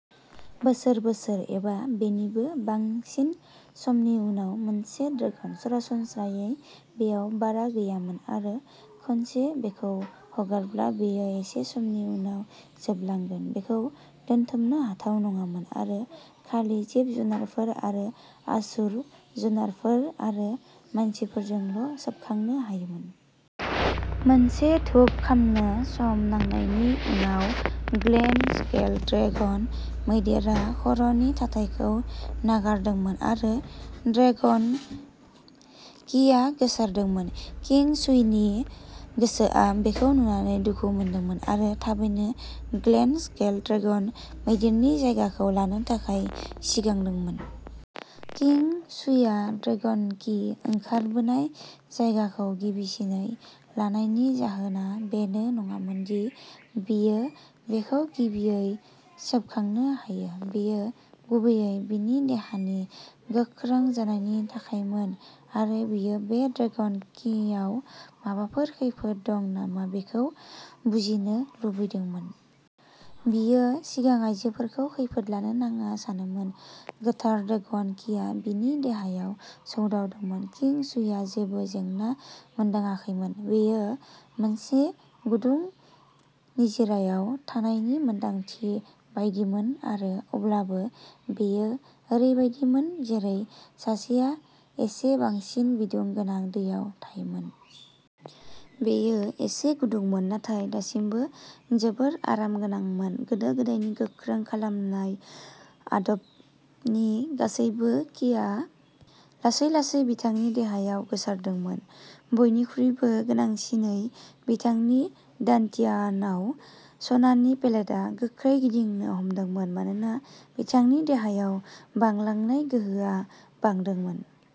, बोसोर, बोसोर, एबा बेनिबो बांसिन समनि उनाव मोनसे ड्रेगन। सरासनस्रायै बेयाव बारा गैयामोन आरो खनसे बेखौ हगारब्ला, बेयो एसे समनि उनाव जोबलांगोन। बेखौ दोनथुमनो हाथाव नङामोन आरो खालि जिब-जुनारफोर जेरै आसुर जुनारफोर आरो मानसिफोरजोंल'सोबखांनो हायोमोन। मोनसे धूप खामनो सम नांनायनि उनाव, गल्डेन स्केल्ड ड्रेगन मैदेरआ खर'नि थाथायखौ नागारदोंमोन आरो ड्रेगन किआ गोसारदोंमोन। किं शुईनि गोसोआ बेखौ नुनानै दुखु मोनदोंमोन आरो थाबैनो गल्डेन स्केल्ड ड्रेगन मैदेरनि जायगाखौ लानो थाखाय सिगांदोंमोन। किं शुईआ ड्रेगन कि ओंखारबोनाय जायगाखौ गिबिसिनै लानायनि जाहोना बेनो नङामोन दि बियो बेखौ गिबियै सोबखांनो हायो। बेयो गुबैयै बिनि देहानि गोख्रों जानायनि थाखायमोन आरो बियो बे ड्रेगन किआव माबाफोर खैफोद दं नामा बेखौ बुजिनो लुबैदोंमोन। बियो सिगां आयजोफोरखौ खैफोद लानो नाङा सानोमोन। गोथार ड्रेगन किआ बिनि देहायाव सौदावदोंमोन। किं शुईआ जेबो जेंना मोनदांाखैमोन। बेयो मोनसे गुदुं निजिरायाव थानायनि मोनदांथि बायदिमोन आरो अब्लाबो बेयो ओरैबायदिमोन जेरै सासेआ एसे बांसिन बिदुं गोनां दैयाव थायोमोन। बेयो एसे गुदुंमोन नाथाय दासिमबो जोबोद आरामगोनांमोन। गोदो गोदायनि गोख्रों खालामनाय आदबनि गासैबो किआ लासै-लासै बिथांनि देहायाव गोसारदोंमोन। बयनिख्रुइबो गोनांसिनै, बिथांनि दान्टियानआव सनानि पेलेटआ गोख्रै गिदिंनो हमदोंमोन मानोना बिथांनि देहायाव बांलांनाय गोहोआ बांदोंमोन।